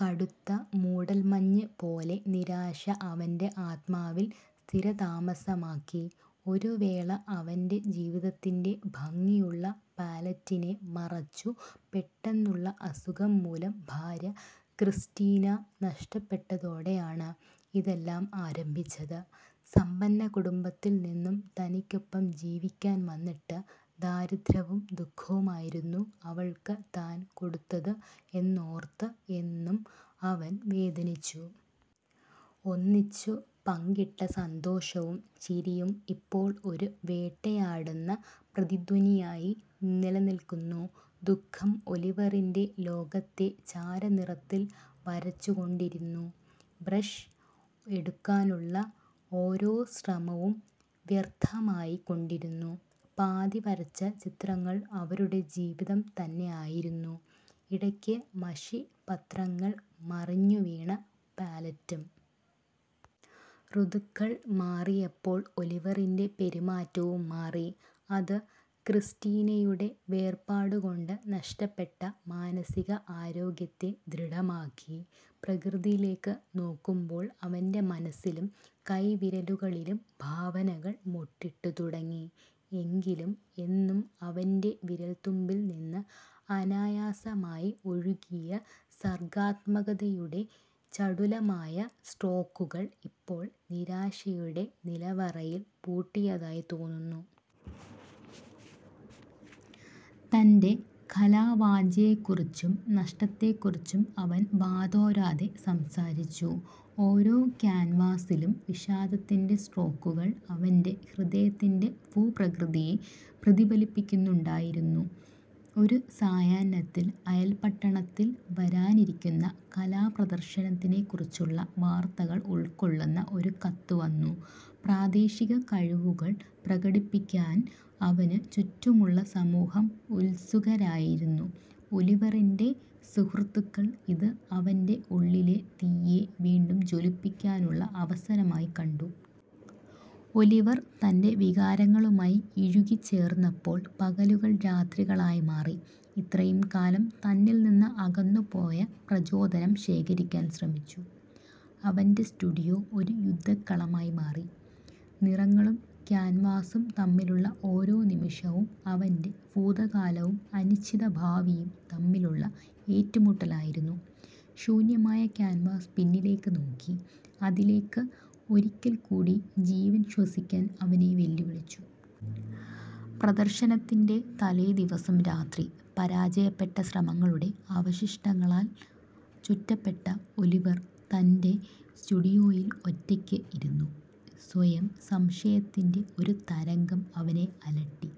കടുത്ത മൂടൽമഞ്ഞ് പോലെ നിരാശ അവന്റെ ആത്മാവിൽ സ്ഥിരതാമസമാക്കി, ഒരു വേള അവന്റെ ജീവിതത്തിന്റെ ഭംഗിയുള്ള പാലറ്റിനെ മറച്ചു. പെട്ടെന്നുള്ള അസുഖം മൂലം ഭാര്യ ക്രിസ്റ്റീനാ നഷ്ടപ്പെട്ടതോടെയാണ് ഇതെല്ലാം ആരംഭിച്ചത്. സമ്പന്ന കുടുംബത്തിൽ നിന്നും തനിക്കൊപ്പം ജീവിക്കാൻ വന്നിട്ട് ദാരിദ്രവും ദുഖവുമായിരുന്നു അവൾക്കു താൻ കൊടുത്തതു എന്നോർത്ത് എന്നും അവൻ വേദനിച്ചു. ഒന്നിച്ചു പങ്കിട്ട സന്തോഷവും ചിരിയും ഇപ്പോൾ ഒരു വേട്ടയാടുന്ന പ്രതിധ്വനിയായി നിലനിൽക്കുന്നു. ദുഃഖം ഒലിവറിന്റെ ലോകത്തെ ചാരനിറത്തിൽ വരച്ചു കൊണ്ടിരുന്നു. ബ്രഷ് എടുക്കാനുള്ള ഓരോ ശ്രമവും വ്യർഥമായി കൊണ്ടിരുന്നു. പാതി വരച്ച ചിത്രങ്ങൾ അവരുടെ ജീവിതം തന്നെയായിരുന്നു. ഇടയ്ക്ക് മഷി പത്രങ്ങൾ മറിഞ്ഞു വീണ പാലെറ്റും. ഋതുക്കൾ മാറിയപ്പോൾ ഒലിവറിന്റെ പെരുമാറ്റവും മാറി. അതു ക്രിസ്റ്റീനയുടെ വേർപാടു കൊണ്ടു നഷ്ടപ്പെട്ട മാനസിക ആരോഗ്യത്തെ ദൃഢമാക്കി. പ്രകൃതിയിലേക്ക് നോക്കുമ്പോൾ അവന്റെ മനസ്സിലും കൈവിരലുകളിലും ഭാവനകൾ മൊട്ടിട്ടു തുടങ്ങി. എങ്കിലും എന്നും അവന്റെ വിരൽത്തുമ്പിൽ നിന്ന് അനായാസമായി ഒഴുകിയ സർഗാത്മകതയുടെ ചടുലമായ സ്ട്രോക്കുകൾ ഇപ്പോൾ നിരാശയുടെ നിലവറയിൽ പൂട്ടിയതായി തോന്നുന്നു. തന്റെ കലാവാഞ്ഛയെക്കുറിച്ചും നഷ്ടത്തെക്കുറിച്ചും അവൻ വാതോരാതെ സംസാരിച്ചു. ഓരോ ക്യാൻവാസിലും വിഷാദത്തിന്റെ സ്ട്രോക്കുകൾ അവന്റെ ഹൃദയത്തിന്റെ ഭൂപ്രകൃതിയെ പ്രതിഫലിപ്പിക്കുന്നുണ്ടായിരുന്നു. ഒരു സായാഹ്നത്തിൽ, അയൽപട്ടണത്തിൽ വരാനിരിക്കുന്ന കലാപ്രദർശനത്തെക്കുറിച്ചുള്ള വാർത്തകൾ ഉൾക്കൊള്ളുന്ന ഒരു കത്ത് വന്നു. പ്രാദേശിക കഴിവുകൾ പ്രകടിപ്പിക്കാൻ അവനു ചുറ്റുമുള്ള സമൂഹം ഉത്സുകരായിരുന്നു, ഒലിവറിന്റെ സുഹൃത്തുക്കൾ ഇത് അവന്റെ ഉള്ളിലെ തീയെ വീണ്ടും ജ്വലിപ്പിക്കാനുള്ള അവസരമായി കണ്ടു. ഒലിവർ തന്റെ വികാരങ്ങളുമായി ഇഴുകിച്ചേർന്നപ്പോൾ പകലുകൾ രാത്രികളായി മാറി, ഇത്രയും കാലം തന്നിൽ നിന്ന് അകന്നുപോയ പ്രചോദനം ശേഖരിക്കാൻ ശ്രമിച്ചു. അവന്റെ സ്റ്റുഡിയോ ഒരു യുദ്ധക്കളമായി മാറി. നിറങ്ങളും ക്യാൻവാസ്സും തമ്മിലുള്ള ഓരോ നിമിഷവും അവന്റെ ഭൂതകാലവും അനിശ്ചിത ഭാവിയും തമ്മിലുള്ള ഏറ്റുമുട്ടലായിരുന്നു. ശൂന്യമായ ക്യാൻവാസ് പിന്നിലേക്ക് നോക്കി, അതിലേക്ക് ഒരിക്കൽ കൂടി ജീവൻ ശ്വസിക്കാൻ അവനെ വെല്ലുവിളിച്ചു. പ്രദർശനത്തിന്റെ തലേദിവസം രാത്രി, പരാജയപ്പെട്ട ശ്രമങ്ങളുടെ അവശിഷ്ടങ്ങളാൽ ചുറ്റപ്പെട്ട ഒലിവർ തന്റെ സ്റ്റുഡിയോയിൽ ഒറ്റയ്ക്ക് ഇരുന്നു. സ്വയം സംശയത്തിന്റെ ഒരു തരംഗം അവനെ അലട്ടി,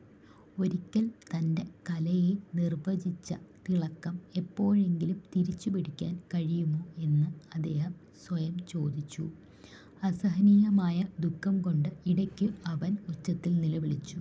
ഒരിക്കൽ തന്റെ കലയെ നിർവചിച്ച തിളക്കം എപ്പോഴെങ്കിലും തിരിച്ചുപിടിക്കാൻ കഴിയുമോ എന്ന് അദ്ദേഹം സ്വയംചോദിച്ചു. അസഹനീയമായ ദുഃഖം കൊണ്ടു ഇടയ്ക്കു അവൻ ഉച്ചത്തിൽ നിലവിളിച്ചു.